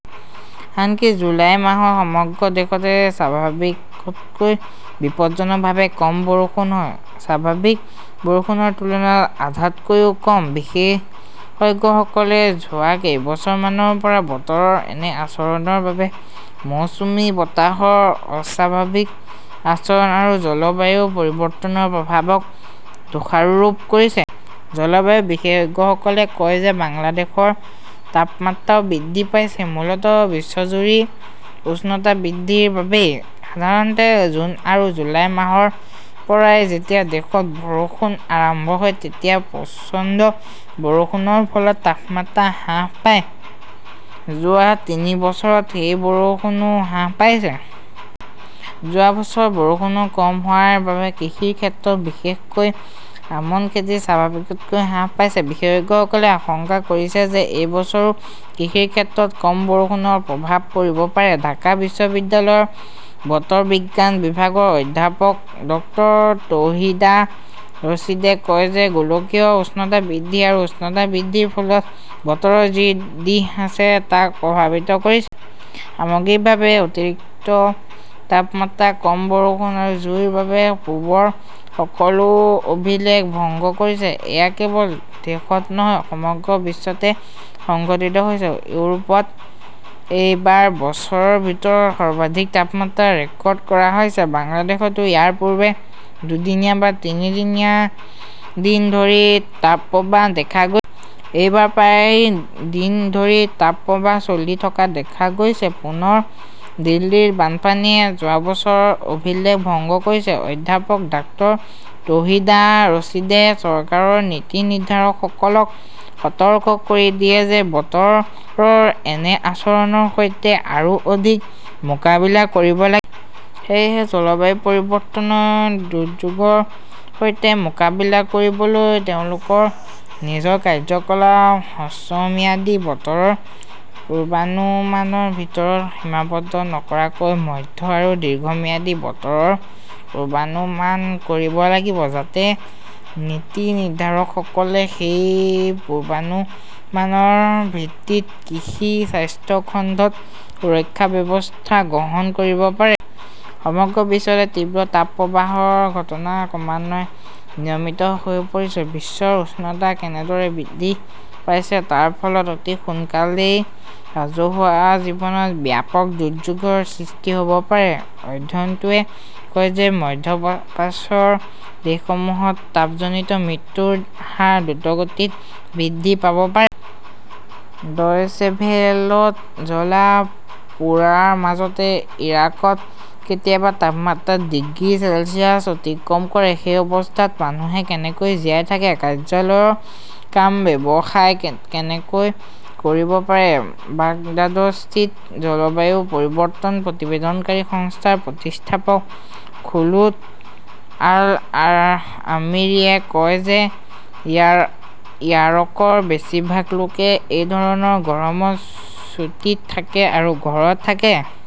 আনকি জুলাই মাহত সমগ্ৰ দেশতে স্বাভাৱিকতকৈ বিপদজনকভাৱে কম বৰষুণ হয়। স্বাভাৱিক বৰষুণৰ তুলনাত আধাতকৈও কম। বিশেষজ্ঞসকলে যোৱা কেইবছৰমানৰ পৰা বতৰৰ এনে আচৰণৰ বাবে মৌচুমী বতাহৰ অস্বাভাৱিক আচৰণ আৰু জলবায়ু পৰিৱৰ্তনৰ প্ৰভাৱক দোষাৰোপ কৰিছে। জলবায়ু বিশেষজ্ঞসকলে কয় যে বাংলাদেশৰ তাপমাত্ৰাও বৃদ্ধি পাইছে, মূলতঃ বিশ্বজুৰি উষ্ণতা বৃদ্ধিৰ বাবেই। সাধাৰণতে জুন আৰু জুলাই মাহৰ পৰাই যেতিয়া দেশত বৰষুণ আৰম্ভ হয়, তেতিয়া প্ৰচণ্ড বৰষুণৰ ফলত তাপমাত্ৰা হ্ৰাস পায়। যোৱা তিনি বছৰত সেই বৰষুণো হ্ৰাস পাইছে। যোৱা বছৰ বৰষুণ কম হোৱাৰ বাবে কৃষিৰ ক্ষেত্ৰত, বিশেষকৈ আমন খেতি, স্বাভাৱিকতকৈ হ্ৰাস পাইছিল। বিশেষজ্ঞসকলে আশংকা কৰিছে যে এই বছৰো কৃষিৰ ক্ষেত্ৰত কম বৰষুণৰ প্ৰভাৱ পৰিব পাৰে। ঢাকা বিশ্ববিদ্যালয়ৰ বতৰ বিজ্ঞান বিভাগৰ অধ্যাপক ডক্টৰ তৌহিদা ৰছিদে কয় যে গোলকীয় উষ্ণতা বৃদ্ধি আৰু উষ্ণতা বৃদ্ধিৰ ফলত বতৰৰ যি দিশ আছে, তাক প্ৰভাৱিত কৰিছে। সামগ্ৰিকভাৱে, অতিৰিক্ত তাপমাত্ৰা, কম বৰষুণ আৰু জুইৰ বাবে পূৰ্বৰ সকলো অভিলেখ ভংগ কৰিছে। এয়া কেৱল দেশত নহয়, সমগ্ৰ বিশ্বতে সংঘটিত হৈছে। ইউৰোপত এইবাৰ বছৰৰ ভিতৰত সৰ্বাধিক তাপমাত্ৰা ৰেকৰ্ড কৰা হৈছে। বাংলাদেশতো ইয়াৰ পূৰ্বে দুদিন বা তিনি দিন ধৰি তাপপ্ৰবাহ দেখা গৈছিল। এইবাৰ প্ৰায় দিন ধৰি তাপপ্ৰবাহ চলি থকা দেখা গৈছে। পুনৰ দিল্লীৰ বানপানীয়ে যোৱা বছৰৰ অভিলেখ ভংগ কৰিছে। অধ্যাপক ডাক্তৰ তৌহিদা ৰছিদে চৰকাৰৰ নীতি নিৰ্ধাৰকসকলক সতৰ্ক কৰি দিয়ে যে বতৰৰ এনে আচৰণৰ সৈতে আৰু অধিক মোকাবিলা কৰিব লাগিব। সেয়েহে, জলবায়ু পৰিৱৰ্তনৰ দুৰ্যোগৰ সৈতে মোকাবিলা কৰিবলৈ তেওঁলোকৰ নিজৰ কাৰ্যকলাপ হ্ৰস্বম্যাদী বতৰৰ পূৰ্বানুমানৰ ভিতৰত সীমাবদ্ধ নকৰাকৈ মধ্য আৰু দীৰ্ঘম্যাদী বতৰৰ পূৰ্বানুমান কৰিব লাগিব, যাতে নীতি নিৰ্ধাৰকসকলে সেই পূৰ্বানুমানৰ ভিত্তিত কৃষি, স্বাস্থ্য খণ্ডত সুৰক্ষা ব্যৱস্থা গ্ৰহণ কৰিব পাৰে। সমগ্ৰ বিশ্বতে তীব্ৰ তাপপ্ৰবাহৰ ঘটনা ক্ৰমান্বয়ে নিয়মিত হৈ পৰিছে। বিশ্বৰ উষ্ণতা কেনেদৰে বৃদ্ধি পাইছে, তাৰ ফলত অতি সোনকালেই ৰাজহুৱা জীৱনত ব্যাপক দুৰ্যোগৰ সৃষ্টি হ'ব পাৰে। অধ্যয়নটোৱে কয় যে মধ্য প্ৰাচ্যৰ দেশসমূহত তাপজনিত মৃত্যুৰ হাৰ দ্ৰুতগতিত বৃদ্ধি পাব পাৰে। ডয়চেভেলত জ্বলা-পোৰাৰ মাজতে ইৰাকত কেতিয়াবা তাপমাত্ৰা ডিগ্ৰী চেলছিয়াছ অতিক্ৰম কৰে। সেই অৱস্থাত মানুহে কেনেকৈ জীয়াই থাকে? কাৰ্যালয়ৰ কাম, ব্যৱসায় কেনেকৈ কৰিব পাৰি? বাগদাদস্থিত জলবায়ু পৰিৱৰ্তন প্ৰতিবেদনকাৰী সংস্থাৰ প্ৰতিষ্ঠাপক খোলুদ আল-আমিৰীয়ে কয় যে ইৰাকৰ বেছিভাগ লোকে এই ধৰণৰ গৰমত ছুটীত থাকে আৰু ঘৰত থাকে।